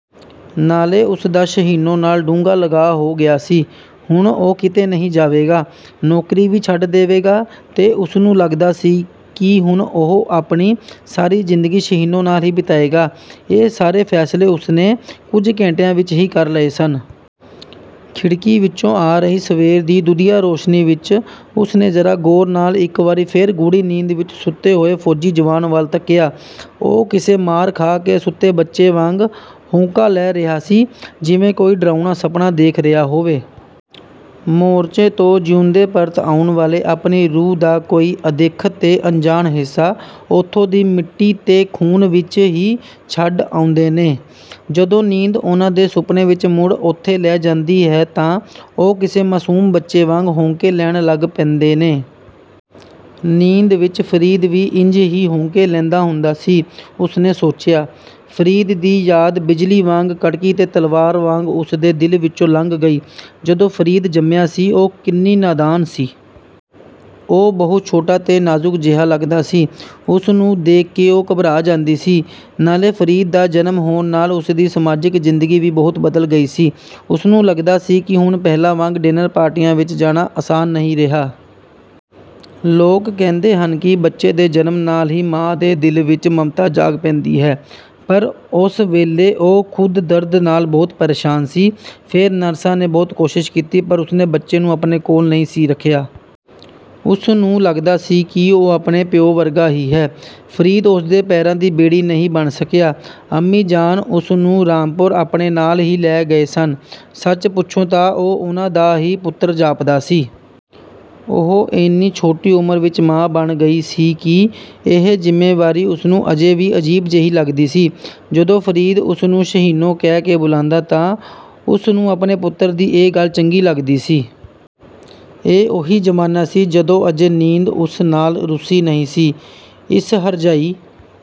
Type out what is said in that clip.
ਨਾਲੇ ਉਸਦਾ ਸ਼ਹੀਨੋ ਨਾਲ ਡੂੰਘਾ ਲਗਾਅ ਹੋ ਗਿਆ ਸੀ। ਹੁਣ ਉਹ ਕਿਤੇ ਨਹੀਂ ਜਾਵੇਗਾ। ਨੌਕਰੀ ਵੀ ਛੱਡ ਦੇਵੇਗਾ ਤੇ ਉਸਨੂੰ ਲੱਗਦਾ ਸੀ ਕਿ ਹੁਣ ਉਹ ਆਪਣੀ ਸਾਰੀ ਜ਼ਿੰਦਗੀ ਸ਼ਹੀਨੋ ਨਾਲ ਹੀ ਬਿਤਾਏਗਾ। ਇਹ ਸਾਰੇ ਫ਼ੈਸਲੇ ਉਸਨੇ ਕੁਝ ਘੰਟਿਆਂ ਵਿੱਚ ਹੀ ਕਰ ਲਏ ਸਨ। ਖਿੜਕੀ ਵਿਚੋਂ ਆ ਰਹੀ ਸਵੇਰ ਦੀ ਦੁੱਧੀਆ ਰੋਸ਼ਨੀ ਵਿੱਚ ਉਸਨੇ ਜ਼ਰਾ ਗੌਰ ਨਾਲ ਇੱਕ ਵਾਰੀ ਫਿਰ ਗੂੜ੍ਹੀ ਨੀਂਦ ਵਿੱਚ ਸੁੱਤੇ ਹੋਏ ਫੌਜੀ ਜਵਾਨ ਵੱਲ ਤੱਕਿਆ। ਉਹ ਕਿਸੇ ਮਾਰ ਖਾ ਕੇ ਸੁੱਤੇ ਬੱਚੇ ਵਾਂਗ ਹੌਂਕਾ ਲੈ ਰਿਹਾ ਸੀ, ਜਿਵੇਂ ਕੋਈ ਡਰਾਉਣਾ ਸੁਪਨਾ ਦੇਖ ਰਿਹਾ ਹੋਵੇ। ਮੋਰਚੇ ਤੋਂ ਜਿਊਂਦੇ ਪਰਤ ਆਉਣ ਵਾਲੇ ਆਪਣੀ ਰੂਹ ਦਾ ਕੋਈ ਅਦਿੱਖ ਤੇ ਅਣਜਾਣ ਹਿੱਸਾ ਉੱਥੋਂ ਦੀ ਮਿੱਟੀ ਤੇ ਖ਼ੂਨ ਵਿੱਚ ਹੀ ਛੱਡ ਆਉਂਦੇ ਨੇ। ਜਦੋਂ ਨੀਂਦ ਉਹਨਾਂ ਨੂੰ ਸੁਪਨੇ ਵਿੱਚ ਮੁੜ ਉੱਥੇ ਲੈ ਜਾਂਦੀ ਹੈ, ਤਾਂ ਉਹ ਕਿਸੇ ਮਾਸੂਮ ਬੱਚੇ ਵਾਂਗ ਹੌਂਕੇ ਲੈਣ ਲੱਗ ਪੈਂਦੇ ਨੇ। "ਨੀਂਦ ਵਿੱਚ ਫ਼ਰੀਦ ਵੀ ਇੰਝ ਹੀ ਹੌਂਕੇ ਲੈਂਦਾ ਹੁੰਦਾ ਸੀ," ਉਸਨੇ ਸੋਚਿਆ। ਫ਼ਰੀਦ ਦੀ ਯਾਦ ਬਿਜਲੀ ਵਾਂਗ ਕੜਕੀ ਤੇ ਤਲਵਾਰ ਵਾਂਗ ਉਸਦੇ ਦਿਲ ਵਿੱਚੋਂ ਲੰਘ ਗਈ। ਜਦੋਂ ਫ਼ਰੀਦ ਜੰਮਿਆ ਸੀ, ਉਹ ਕਿੰਨੀ ਨਾਦਾਨ ਸੀ। ਉਹ ਬਹੁਤ ਛੋਟਾ ਤੇ ਨਾਜ਼ੁਕ ਜਿਹਾ ਲੱਗਦਾ ਸੀ, ਉਸਨੂੰ ਦੇਖ ਕੇ ਉਹ ਘਬਰਾ ਜਾਂਦੀ ਸੀ। ਨਾਲੇ ਫ਼ਰੀਦ ਦਾ ਜਨਮ ਹੋਣ ਨਾਲ ਉਸਦੀ ਸਮਾਜਿਕ ਜ਼ਿੰਦਗੀ ਵੀ ਬਹੁਤ ਬਦਲ ਗਈ ਸੀ। ਉਸਨੂੰ ਲੱਗਦਾ ਸੀ ਕਿ ਹੁਣ ਪਹਿਲਾਂ ਵਾਂਗ ਡਿਨਰ ਪਾਰਟੀਆਂ ਵਿੱਚ ਜਾਣਾ ਆਸਾਨ ਨਹੀਂ ਰਿਹਾ। ਲੋਕ ਕਹਿੰਦੇ ਹਨ ਕਿ ਬੱਚੇ ਦੇ ਜਨਮ ਨਾਲ ਹੀ ਮਾਂ ਦੇ ਦਿਲ ਵਿੱਚ ਮਮਤਾ ਜਾਗ ਪੈਂਦੀ ਹੈ, ਪਰ ਉਸ ਵੇਲੇ ਉਹ ਖ਼ੁਦ ਦਰਦ ਨਾਲ ਬਹੁਤ ਪਰੇਸ਼ਾਨ ਸੀ। ਫੇਰ ਨਰਸਾਂ ਨੇ ਬਹੁਤ ਕੋਸ਼ਿਸ਼ ਕੀਤੀ, ਪਰ ਉਸਨੇ ਬੱਚੇ ਨੂੰ ਆਪਣੇ ਕੋਲ ਨਹੀਂ ਸੀ ਰੱਖਿਆ। ਉਸਨੂੰ ਲੱਗਦਾ ਸੀ ਕਿ ਉਹ ਆਪਣੇ ਪਿਉ ਵਰਗਾ ਹੀ ਹੈ। ਫ਼ਰੀਦ ਉਸਦੇ ਪੈਰਾਂ ਦੀ ਬੇੜੀ ਨਹੀਂ ਬਣ ਸਕਿਆ। ਅੰਮੀ ਜਾਨ ਉਸਨੂੰ ਰਾਮਪੁਰ ਆਪਣੇ ਨਾਲ ਹੀ ਲੈ ਗਏ ਸਨ। ਸੱਚ ਪੁੱਛੋ ਤਾਂ ਉਹ ਉਹਨਾਂ ਦਾ ਹੀ ਪੁੱਤਰ ਜਾਪਦਾ ਸੀ। ਉਹ ਏਨੀ ਛੋਟੀ ਉਮਰ ਵਿੱਚ ਮਾਂ ਬਣ ਗਈ ਸੀ ਕਿ ਇਹ ਜ਼ਿੰਮੇਵਾਰੀ ਉਸਨੂੰ ਅਜੇ ਵੀ ਅਜੀਬ ਜਿਹੀ ਲੱਗਦੀ ਸੀ। ਜਦੋਂ ਫ਼ਰੀਦ ਉਸਨੂੰ "ਸ਼ਹੀਨੋ" ਕਹਿ ਕੇ ਬੁਲਾਂਦਾ, ਤਾਂ ਉਸਨੂੰ ਆਪਣੇ ਪੁੱਤਰ ਦੀ ਇਹ ਗੱਲ ਚੰਗੀ ਲੱਗਦੀ ਸੀ। ਇਹ ਉਹੀ ਜ਼ਮਾਨਾ ਸੀ, ਜਦੋਂ ਅਜੇ ਨੀਂਦ ਉਸ ਨਾਲ ਰੁੱਸੀ ਨਹੀਂ ਸੀ। ਇਸ ਹਰਜਾਈ...